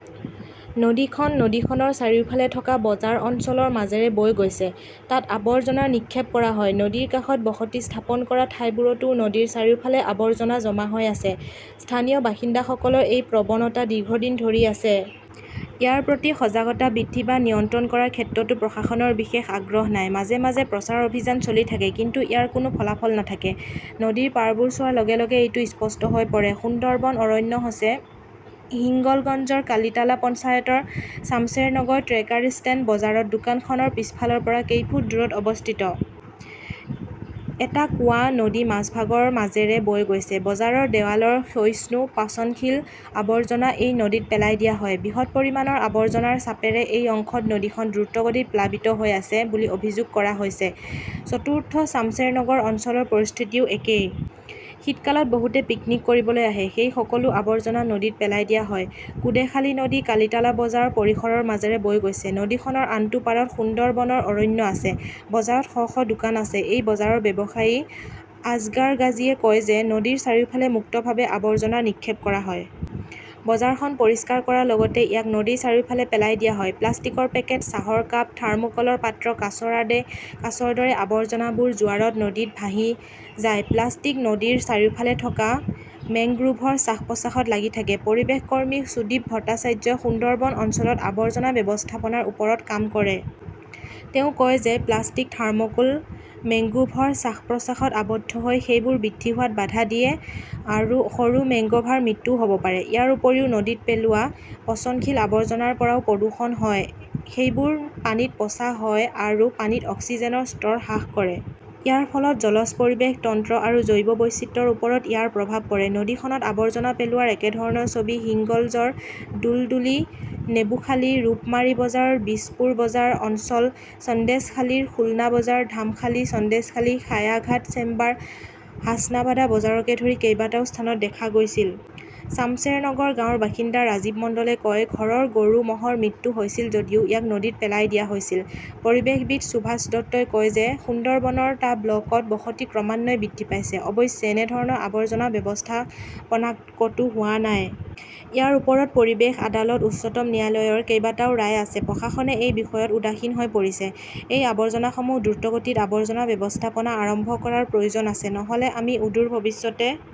নদীখন নদীখনৰ চাৰিওফালে থকা বজাৰ অঞ্চলৰ মাজেৰে বৈ গৈছে। তাত আৱৰ্জনা নিক্ষেপ কৰা হয়। নদীৰ কাষত বসতি স্থাপন কৰা ঠাইবোৰতো নদীৰ চাৰিওফালে আৱৰ্জনা জমা হৈ আছে। স্থানীয় বাসিন্দাসকলৰ এই প্ৰৱণতা দীৰ্ঘদিন ধৰি আছে। ইয়াৰ প্ৰতি সজাগতা বৃদ্ধি বা নিয়ন্ত্ৰণ কৰাৰ ক্ষেত্ৰতো প্ৰশাসনৰ বিশেষ আগ্ৰহ নাই। মাজে মাজে প্ৰচাৰ অভিযান চলি থাকে, কিন্তু ইয়াৰ কোনো ফলাফল নাথাকে, নদীৰ পাৰবোৰ চোৱাৰ লগে লগে এইটো স্পষ্ট হৈ পৰে। সুন্দৰবন অৰণ্য হৈছে হিংগলগঞ্জৰ কালিটালা পঞ্চায়তৰ চামচেৰনগৰ ট্ৰেকাৰ ষ্টেণ্ড বজাৰত দোকানখনৰ পিছফালৰ পৰা কেই ফুট দূৰত অৱস্থিত। এটা কুঁৱা নদী মাজভাগৰ মাজেৰে বৈ গৈছে। বজাৰৰ দেৱালৰ ক্ষয়িষ্ণু, পচনশীল আৱৰ্জনা এই নদীত পেলাই দিয়া হয়। বৃহৎ পৰিমাণৰ আৱৰ্জনাৰ চাপেৰে এই অংশত নদীখন দ্ৰুতগতিত প্লাবিত হৈ আছে বুলি অভিযোগ কৰা হৈছে। চতুৰ্থ চামচেৰনগৰ অঞ্চলৰ পৰিস্থিতিও একেই। শীতকালত বহুতে পিকনিক কৰিবলৈ আহে। সেই সকলো আৱৰ্জনা নদীত পেলাই দিয়া হয়। কুঁডেখালী নদী কালিটালা বজাৰ পৰিসৰৰ মাজেৰে বৈ গৈছে। নদীখনৰ আনটো পাৰত সুন্দৰবনৰ অৰণ্য আছে। বজাৰত শ শ দোকান আছে। এই বজাৰৰ ব্যৱসায়ী আজগাৰ গাজীয়ে কয় যে নদীৰ চাৰিওফালে মুক্তভাৱে আবৰ্জনা নিক্ষেপ কৰা হয়। বজাৰখন পৰিষ্কাৰ কৰাৰ লগতে ইয়াক নদীৰ চাৰিওফালে পেলাই দিয়া হয়। প্লাষ্টিকৰ পেকেট, চাহৰ কাপ, থৰ্মোকলৰ পাত্ৰ-কাঁচৰ দৰে আৱৰ্জনা জোৱাৰত নদীত ভাহি যায়। প্লাষ্টিক নদীৰ চাৰিওফালে থকা মেংগ্ৰোভৰ শ্বাস-প্ৰশ্বাসত লাগি থাকে। পৰিৱেশ কৰ্মী সুদীপ ভট্টাচাৰ্যই সুন্দৰবন অঞ্চলত আৱৰ্জনা ব্যৱস্থাপনাৰ ওপৰত কাম কৰে। তেওঁ কয় যে প্লাষ্টিক, থাৰ্মোকোলে মেংগ্ৰোভৰ শ্বাস-প্ৰশ্বাসত আবদ্ধ হৈ সেইবোৰ বৃদ্ধি হোৱাত বাধা দিয়ে। সৰু মেংগ্ৰোভৰ মৃত্যুও হ "ব পাৰে। ইয়াৰ উপৰিও, নদীত পেলোৱা পচনশীল আৱৰ্জনাৰ পৰাও প্ৰদূষণ হয়। সেইবোৰ পানীত পচা হয় আৰু পানীত অক্সিজেনৰ স্তৰ হ্ৰাস কৰে। ইয়াৰ ফলত জলজ পৰিৱেশ তন্ত্ৰ আৰু জৈৱ বৈচিত্ৰ্যৰ ওপৰত ইয়াৰ প্ৰভাৱ পৰে। নদীখনত আৱৰ্জনা পেলোৱাৰ একেধৰণৰ ছবি হিংলগঞ্জৰ দুলদুলি, নেবুখালী, ৰূপমাৰী বজাৰ, বিশপুৰ বজাৰ অঞ্চল, সন্দেশখালীৰ খুলনা বজাৰ, ধামখালী, সন্দেশখালী খায়াঘাট চেম্বাৰ, হাছানাবাদ বজাৰকে ধৰি কেইবাটাও স্থানত দেখা গৈছিল। চামচেৰনগৰ গাঁৱৰ বাসিন্দা ৰাজীৱ মণ্ডলে কয়, "ঘৰৰ গৰু-ম" হৰ মৃত্যু হৈছিল যদিও ইয়াক নদীত পেলাই দিয়া হৈছিল। "পৰিৱেশবিদ সুভাষ দত্তই কয় যে সুন্দৰবনৰ টা ব্লকত বসতি ক্ৰমান্বয়ে বৃদ্ধি পাইছে। অৱশ্যে, এনে ধৰণৰ আৱৰ্জনা ব্যৱস্থাপনা ক "তো হোৱা নাই। ইয়াৰ ওপৰত পৰিৱেশ আদালত, উচ্চতম ন্যায়ালয়ৰ কেইবাটাও ৰায় আছে। প্ৰশাসনে এই বিষয়ত উদাসীন হৈ পৰিছে। "এই অঞ্চলসমূহত দ্ৰুতগতিত আৱৰ্জনা ব্যৱস্থাপনা আৰম্ভ কৰাৰ প্ৰয়োজন আছে। নহ "লে আমি অদূৰ ভৱিষ্যতে